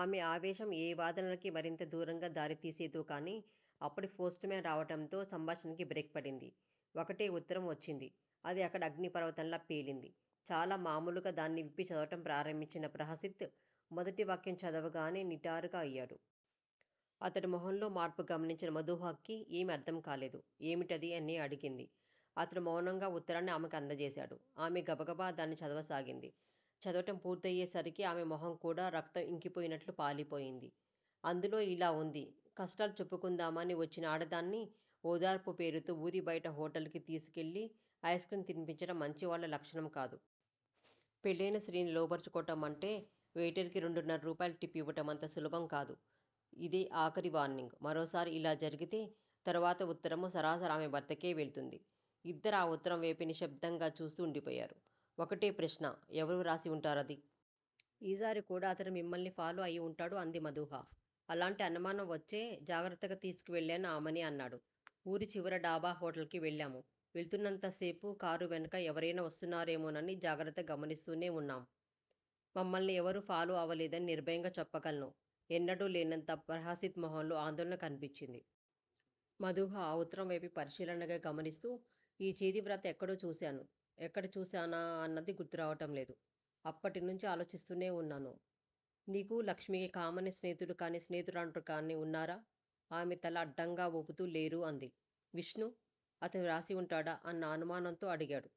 ఆమె ఆవేశం ఏ వాదనలకి మరింత దూరంగా దారితీసేదో కానీ, అప్పుడే ఫోస్ట్ మాన్ రావటంతో సంభాషణకి బ్రేక్ పడింది. ఒకటే ఉత్తరం వచ్చింది. అది అక్కడ అగ్నిపర్వతంలా పేలింది. చాలా మామూలుగా దాన్ని విప్పి చదవటం ప్రారంభించిన ప్రహసిత్, మొదటి వాక్యం చదవగానే నిటారుగా అయ్యాడు. అతడి మొహంలో మార్పు గమనించిన మధూహకి ఏం అర్థం కాలేదు. ఏమిటది? అని అడిగింది. అతడు మౌనంగా వుత్తరాన్ని ఆమెకు అందజేశాడు. ఆమె గబగబా దాన్ని చదవసాగింది. చదవటం పూర్తయ్యేసరికి ఆమె మొహం కూడా రక్తం ఇంకిపోయినట్లు పాలిపోయింది. అందులో ఇలా వుంది. కష్టాలు చెప్పుకుందామని వచ్చిన ఆడదాన్ని ఓదార్పు పేరుతో ఊరిబయట హొటల్ కి తీసుకెళ్ళి ఐస్ క్రీమ్ తిన్పించటం మంచివాళ్ళ లక్షణం కాదు. పెళ్ళయిన స్త్రీని లోబర్చుకోవటమంటే వెయిటర్ కి రెండున్నర రూపాయల టిప్ ఇవ్వటమంత సులభం కాదు. ఇదే ఆఖరి వార్నింగ్. మరోసారి ఇలా జరిగితే, తరువాత వుత్తరం సరాసరి ఆమె భర్తకే వెళ్తుంది ఇద్దరూ ఆ వుత్తరంవైపే నిశ్శబ్దంగా చూస్తూ వుండిపోయారు. ఒకటే ప్రశ్న! ఎవరు వ్రాసి వుంటారిది? ఈసారి కూడా అతను మిమ్మల్ని ఫాలో అయివుంటాడు అంది మధూహ. అలాంటి అనుమానం వచ్చే, జాగ్రత్తగా తీసుకెళ్ళాను ఆమెని అన్నాడు. ఊరిచివర డాబాహొటల్ కి వెళ్ళాము. వెళ్తున్నంత సేపూ కారు వెనుక ఎవరైనా వస్తున్నారేమోనని జాగ్రత్తగా గమనిస్తూనే వున్నాము. మమ్మల్ని ఎవరూ ఫాలో అవలేదని నిర్భయంగా చెప్పగలను ఎన్నాడూ లేనంత ప్రహసిత్ మొహంలో ఆందోళన కనిపించింది. మధూహ ఆ వుత్తరంవైపే పరిశీలనగా గమనిస్తూ ఈ చేతివ్రాత ఎక్కడో చూశాను. ఎక్కడ చూశానా అన్నది గుర్తురావటం లేదు. అప్పటినుంచి ఆలోచిస్తూనే వున్నాను. 'నీకూ లక్ష్మీ కామన్ స్నేహితులుగానీ స్నేహితురాండ్రుగానీ వున్నారా? ' ఆమెతల అడ్డంగా వూపుతూ లేరు అంది. విష్ణు? అతను వ్రాసివుంటాడా అన్న అనుమానంతో అడిగాడు.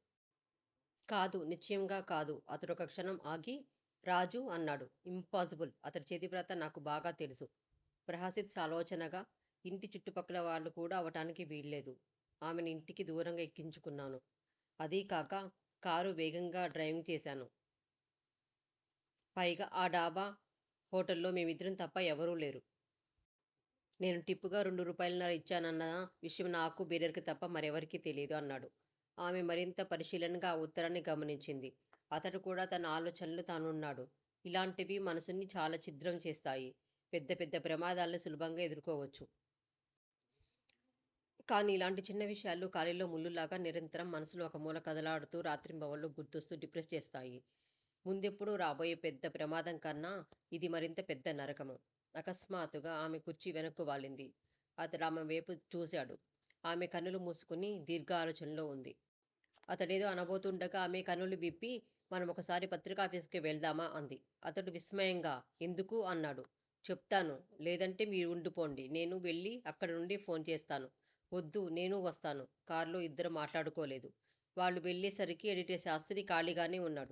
కాదు. నిశ్చయంగా కాదు అతడొక క్షణం ఆగి, రాజు? అన్నాడు. ఇంపాజిబుల్. అతడి చేతివ్రాత నాకు బాగా తెలుసు. ప్రహసిత్ సాలోచనగా, ఇంటి చుట్టుపక్కల వాళ్ళు కూడా అవటానికి వీల్లేదు. ఆమెని ఇంటికి దూరంగా ఎక్కించుకున్నాను. అదీగాక కారు చాలా వేగంగా డ్రయివింగ్ చేశాను. పైగా ఆ డాబా హొటల్ లో మేమిద్దరం తప్ప ఎవరూ లేరు. నేను టిప్ గా రెండు రూపాయలన్నర ఇచ్చానన్న విషయం నాకూ బేరర్ కీ తప్ప మరెవరికీ తెలీదు అన్నాడు. ఆమె మరింత పరిశీలనగా ఆ వుత్తరాన్ని గమనించింది. అతడు కూడా తన ఆలోచనల్లో తానున్నాడు. ఇలాటివి మనసుని చాలా ఛిద్రం చేస్తాయి. పెద్ద పెద్ద ప్రమాదాల్ని సులభంగా ఎదుర్కోవచ్చు. కానీ ఇలాంటి చిన్న విషయాలు, కాలిలో ముల్లులాగా నిరంతరం మనసులో ఒక మూల కదలాడుతూ రాత్రింబవళ్ళు గుర్తొస్తూ డిప్రెస్ చేస్తాయి. ముందెప్పుడో రాబోయే పెద్ద ప్రమాదంకన్నా ఇది మరింత పెద్దనరకం. అకస్మాత్తుగా ఆమె కుర్చీ వెనక్కువాలింది. అతడుఆమె వైపు చూసాడు. ఆమె కనులు మూసుకుని దీర్ఘాఆలోచనలో వుంది. అతడేదో అనబోతుండగా ఆమె కనులు విప్పి, మనమొకసారి పత్రికాఫీసుకి వెళదామా? అంది. అతడు విస్మయంగా, ఎందుకు? అన్నాడు. చెప్తాను. లేదంటే మీరుండిపోండి. నేను వెళ్ళి అక్కడినుండి ఫోన్ చేస్తాను. వద్దు. నేనూ వస్తాను. కార్లో ఇద్దరూ మాట్లాడుకోలేదు. వాళ్ళు వెళ్ళేసరికి ఎడిటర్ శాస్త్రి ఖాళీగానే వున్నాడు.